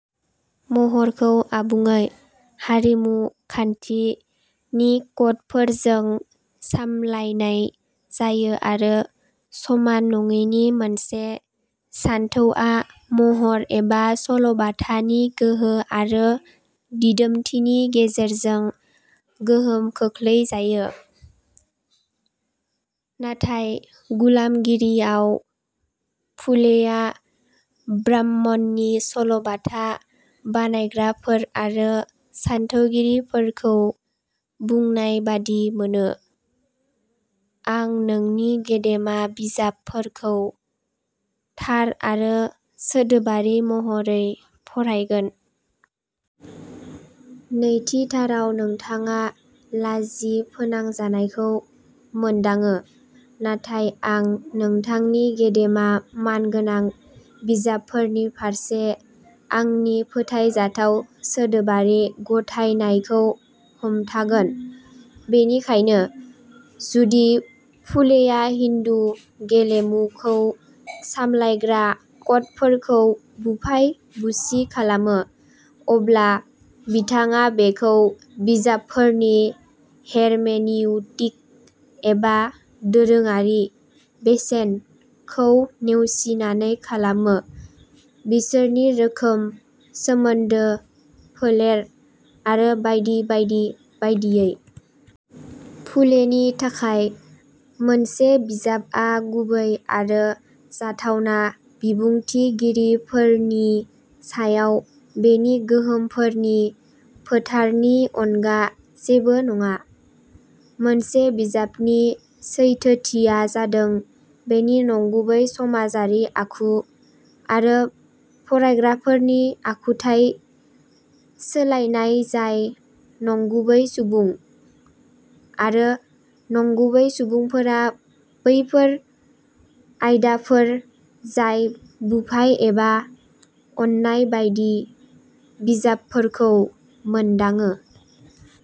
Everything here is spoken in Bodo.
महरखौ आबुङै "हारिमु खान्थि" नि कडफोरजों सामलायनाय जायो आरो समान नङैनि मोनसे सानथौआ महर/सल'बाथा नि गोहो आरो दिदोमथिनि गेजेरजों गोहोम खोख्लैजायो। नाथाय गुलामगिरियाव फुलेया ब्राह्मणनि सल'बाथा बानायग्राफोर आरो सानथौगिरिफोरखौ बुंनाय बादि मोनोः "आं नोंनि गेदेमा बिजाबफोरखौ थार आरो सोदोबारि महरै फरायगोन। नैथिथाराव, नोंथाङा लाजि फोनांजानायखौ मोनदाङो। नाथाय आं नोंथांनि गेदेमा मानगोनां बिजाबफोरनि फारसे आंनि फोथायजाथाव सोदोबारि गथायनायखौ हमथागोन। बेनिखायनो, जुदि फुलेया हिन्दु "गेलेमु" खौ सामलायग्रा कडफोरखौ बुफाय-बुसि खालामो, अब्ला बिथाङा बेखौ बिजाबफोरनि हेरमेनिउटिक एबा दोरोङारि "बेसेन" खौ नेवसिनानै खालामो, बिसोरनि रोखोम, सोमोन्दो, फोलेर आरो बायदि बायदि बायदियै। फुलिनि थाखाय, मोनसे बिजाबआ गुबै आरो जाथावना बिबुंथिगिरिफोरनि सायाव बेनि गोहोमफोरनि फोथारनि अनगा जेबो नङा। मोनसे बिजाबनि सैथोथिया जादों बेनि नंगुबै समाजारि आखु आरो फरायग्राफोरनि आखुथाय सोलायनाय जाय नंगुबै सुबुं; आरो नंगुबै सुबुंफोरा बैफोर आयदाफोर जाय बुफाय एबा अननाय बायदि बिजाबफोरखौ मोनदाङो।